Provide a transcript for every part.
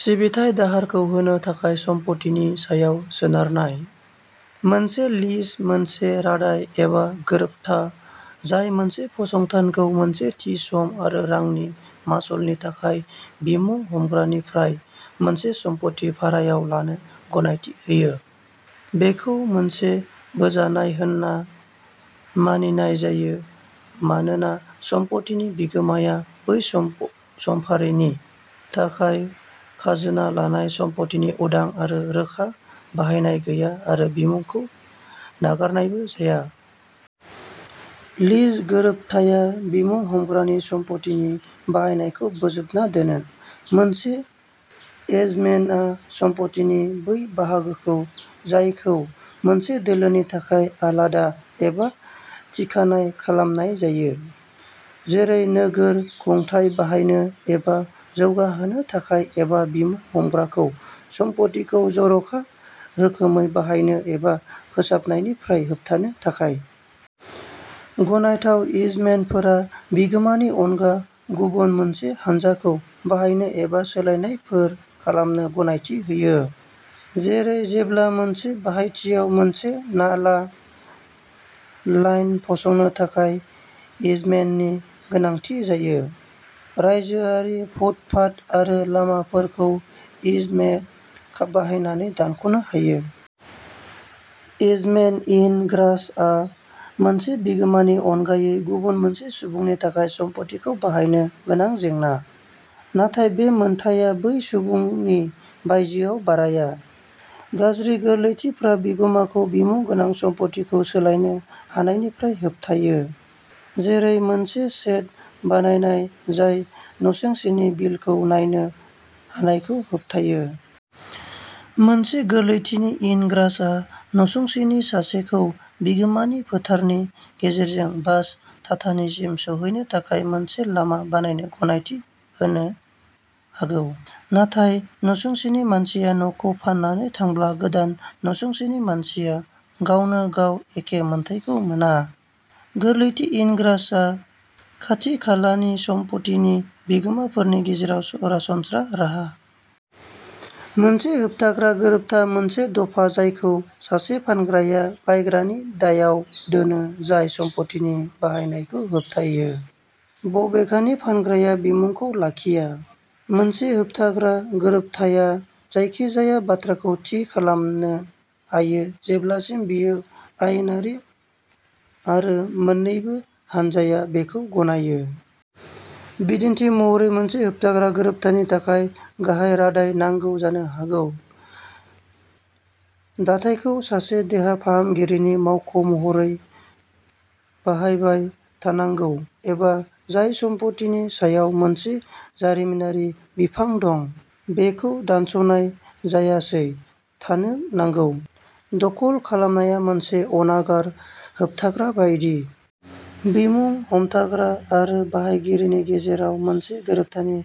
सिबिथाय दाहारखौ होनो थाखाय सम्फथिनि सायाव सोनारनाय। मोनसे लिज मोनसे रादाय एबा गोरोबथा जाय मोनसे फसंथानखौ मोनसे थि सम आरो रांनि मासुलनि थाखाय बिमुं-हमग्रानिफ्राय मोनसे सम्फथि भारायाव लानो गनायथि होयो। बेखौ मोनसे बोजानाय होनना मानिनाय जायो मानोना सम्पथिनि बिगोमाया बै सम समफारिनि थाखाय खाजोना-लानाय सम्पथिनि उदां आरो रोखा बाहायनाय गैया आरो बिमुंखौ नागारनायबो जाया। लिज गोरोबथाया बिमुं-हमग्रानि सम्पथिनि बाहायनायखौ बोजबना दोनो। मोनसे इजमेन्टआ सम्पथिनि बै बाहागोखौ जायखौ मोनसे दोलोनि थाखाय आलादा एबा थिखानाय खालामनाय जायो। जेरै नोगोर खुंथाय बाहायनो एबा जौगाहोनो थाखाय एबा बिमुं-हमग्राखौ सम्पथिखौ जर'खा रोखोमै बाहायनो एबा फोसाबनायनिफ्राय होबथानो थाखाय। गनायथाव इजमेन्टफोरा बिगोमानि अनगा गुबुन मोनसे हानजाखौ बाहायनो एबा सोलायनायफोर खालामनो गनायथि होयो। जेरै जेब्ला मोनसे बाहायथियाव मोनसे नाला लाइन फसंनो थाखाय इजमेन्टनि गोनांथि जायो। रायजोआरि फुटपाथ आरो लामाफोरखौ इजमेन्ट बाहायनानै दानख'नो हायो। इजमेन्ट-इन-ग्रासआ मोनसे बिगोमानि अनगायै गुबुन सासे सुबुंनि थाखाय सम्फथिखौ बाहायनो गोनां जेंना। नाथाय बे मोन्थाइआ बै सुबुंनि बायजोआव बाराया। गाज्रि गोरलैथिफोरा बिगोमाखौ बिमुं गोनां सम्फथिखौ सोलायनो हानायनिफ्राय होबथायो। जेरै मोनसे शेड बानायनाय जाय नसुंसेनि बिलोखौ नायनो हानायखौ होबथायो। मोनसे गोरलैथि-इन-ग्रासआ नसुंसेनि सासेखौ बिगोमानि फोथारनि गेजेरजों बास थाथानिसिम सौहैनो थाखाय मोनसे लामा बाहायनो गनायथि होनो हागौ। नाथाय नसुंसेनि मानसिया न'खौ फाननानै थांब्ला गोदान नसुंसेनि मानसिआ गावनो गाव एखे मोन्थाइखौ मोना। गोरलैथि-इन-ग्रासआ खाथिखालानि सम्पथिनि बिगोमाफोरनि गेजेराव सरासनस्रा राहा। मोनसे होबथाग्रा गोरोबथा मोनसे दफा जायखौ सासे फानग्राया बायग्रानि दायआव दोनो जाय सम्पथिनि बाहायनायखौ होबथायो। बबेखानि फानग्राया बिमुंखौ लाखिया। मोनसे होबथाग्रा गोरोबथाया जायखिजाया बाथ्राखौ थि खालामनो हायो जेब्लासिम बेयो आयेनारि आरो मोन्नैबो हानजाया बेखौ गनायो। बिदिन्थि महरै मोनसे होबथाग्रा गोरोबथानि थाखाय गाहाय रादाय नांगौ जानो हागौ। दाथाइखौ सासे देहा फाहामगिरिनि मावख'महरै बाहायबाय थानांगौ एबा जाय सम्फथिनि सायाव मोनसे जारिमिनारि बिफां दं। बेखौ दानस'नाय जायासै थानो नांगौ। दखल खालामनाया मोनसे अनागार होबथाग्रा बायदि। बिमुं हमथाग्रा आरो बाहायगिरिनि गेजेराव मोनसे गोरोबथानि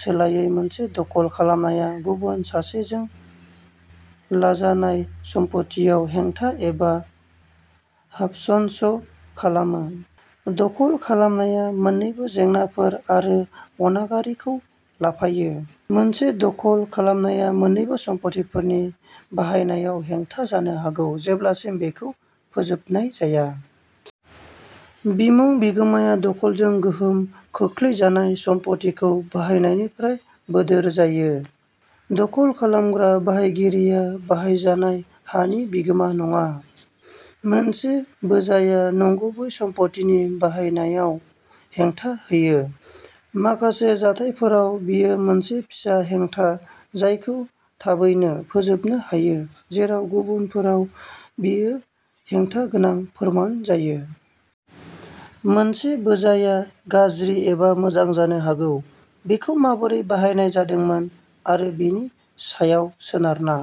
सोलायै मोनसे दखल खालामनाया गुबुन सासेजों लाजानाय सम्फथियाव हेंथा एबा हाबसनस' खालामो। दखल खालामनाया मोन्नैबो जेंनाफोर आरो अनागारि खौ लाफायो। मोनसे दखल खालामनाया मोन्नैबो सम्पथिफोरनि बाहायनायाव हेंथा होनो हागौ जेब्लासिम बेखौ फोजोबनाय जाया। बिमुं-बिगोमाया दखलजों गोहोम खोख्लैजानाय सम्पथिखौ बाहायनायनिफ्राय बोदोर जायो। दखल खालामग्रा बाहायगिरिया बाहायजानाय हानि बिगोमा नङा। मोनसे बोजाया नंगुबै सम्पथिनि बाहायनायाव हेंथा होयो। माखासे जाथायफोराव बेयो मोनसे फिसा हेंथा जायखौ थाबैनो फोजोबनो हायो। जेराव गुबुनफोराव बेयो हेंथा गोनां फोरमान जायो। मोनसे बोजाया गाज्रि एबा मोजां जानो हागौ। बेखौ माबोरै बानायनाय जादोंमोन आरो बेनि सायाव सोनारना।